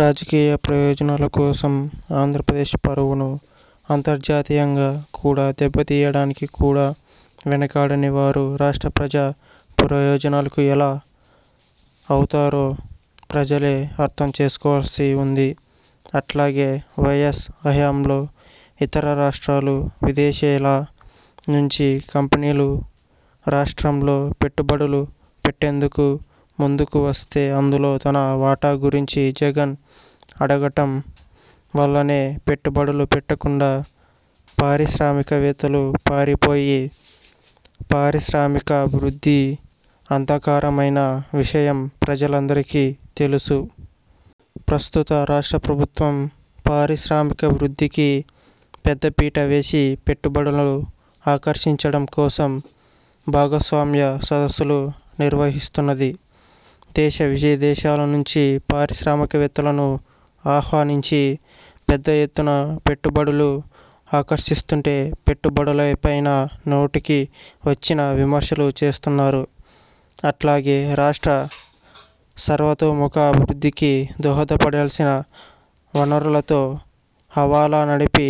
రాజకీయ ప్రయోజనాల కోసం ఆంధ్రప్రదేశ్ పరువును అంతర్జాతీయంగా కూడా దెబ్బతీయడానికి కూడా వెనకాడని వారు రాష్ట్ర ప్రజా ప్రయోజనలకు ఎలా అవుతారో ప్రజలే అర్ధం చేసుకోవాల్సి వుంది. అట్లాగే వైఎస్ హయాంలో ఇతర రాష్ట్రాలు, విదేశీల నుంచి కంపెనీలు రాష్ట్రంలో పెట్టుబడులు పెట్టేందుకు ముందుకు వస్తే అందులో తన వాటా గురించి జగన్ అడగటం వల్లనే పెట్టుబడులు పెట్టకుండా పారిశ్రామికవేత్తలు పారిపోయి పారిశ్రామికాభివృద్ధి అంధకారమైన విషయం ప్రజలందరికి తెలుసు. ప్రస్తుత రాష్ట్ర ప్రభుత్వం పారిశ్రామికభివృద్ధికి పెద్దపీట వేసి పెట్టుబడులు ఆకర్షించడం కోసం భాగస్వామ్య సదస్సులు నిర్వహిస్తున్నది. దేశ, విదేశాల నుంచి పారిశ్రామికవేత్తలను ఆహ్వానించి, పెద్దఎత్తున పెట్టుబడులు ఆకర్షిస్తుంటే పెట్టుబడులపైన నోటికి వచ్చిన విమర్శలు చేస్తున్నారు. అట్లాగే రాష్ట్ర సర్వతోముఖాభివృద్దికి దోహదపడాల్సిన వనరులతో హవాలా నడిపి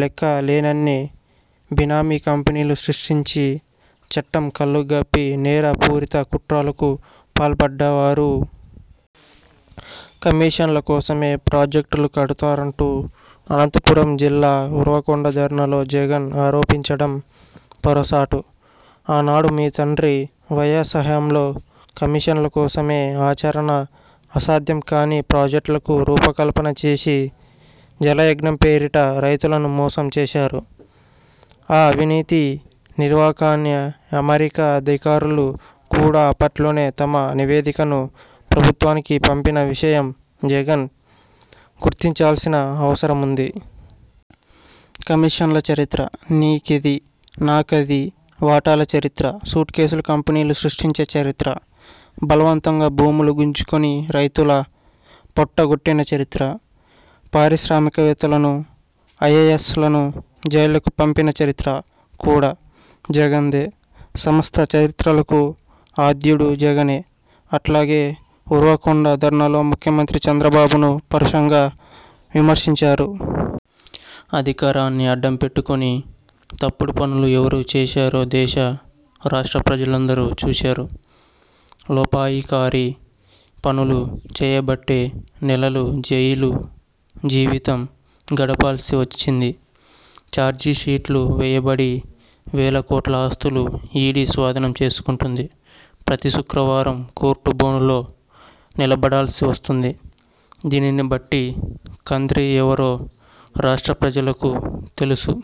లెక్క లేనన్ని బినామీ కంపెనీలు సృష్టించి చట్టం కళ్లుగప్పి నేర పూరిత కుట్రలకు పాల్పడ్డవారు. కమీషన్ల కోసమే ప్రాజెక్టులు కడుతారంటూ అనంతపురం జిల్లా ఉరవకొండ ధర్నాలో జగన్ ఆరోపించడం పొరసాటు. ఆనాడు మీ తండ్రి వైఎస్ హయాంలో కమీషన్ల కోసమే ఆచరణ అసాధ్యం కానీ ప్రాజెక్టులకు రూపకల్పన చేసి, జలయజ్ఞం పేరిట రైతులను మోసం చేశారు. ఆ అవినీతి నిర్వాకాన్ని అమెరికా అధికారులు కూడా అప్పట్లోనే తమ నివేదికను ప్రభుత్వానికి పంపిన విషయం జగన్ గుర్తించాల్సిన అవసరముంది. కమిషన్ల చరిత్ర, నీ కిది, నాకది వాటాల చరిత్ర, సూట్కేసు కంపెనీలు సృష్టించే చరిత్ర, బలవంతంగా భూములు గుంజుకొని రైతుల పొట్టగొట్టిన చరిత్ర, పారిశ్రామికవేత్తలను, ఐఏఎస్ లను జైళ్లకు పంపిన చరిత్ర కూడా జగన్ దే. సమస్త చరిత్రలకు ఆద్యుడు జగనే. అట్లాగే ఉరవకొండ ధర్నాలో ముఖ్యమంత్రి చంద్రబాబును పరుషంగా విమర్శించారు. అధికారాన్ని అడ్డం పెట్టుకొని తప్పుడు పనులు ఎవరు చేశారో దేశ, రాష్ట్ర ప్రజలందరూ చూశారు. లోపాయికారీ పనులు చేయబట్టే నెలలు జైలు జీవితం గడపాల్సి వచ్చింది. ఛార్జిషీట్లు వేయబడి వేలకోట్ల ఆస్తులు ఈడీ స్వాధీనం చేసుకుంటుంది. ప్రతి శుక్రవారం కోర్టు బోనులో నిలబడాల్సి వస్తుంది. దీనిని బట్టి కంత్రీ ఎవరో రాష్ట్ర ప్రజలకు తెలుసు.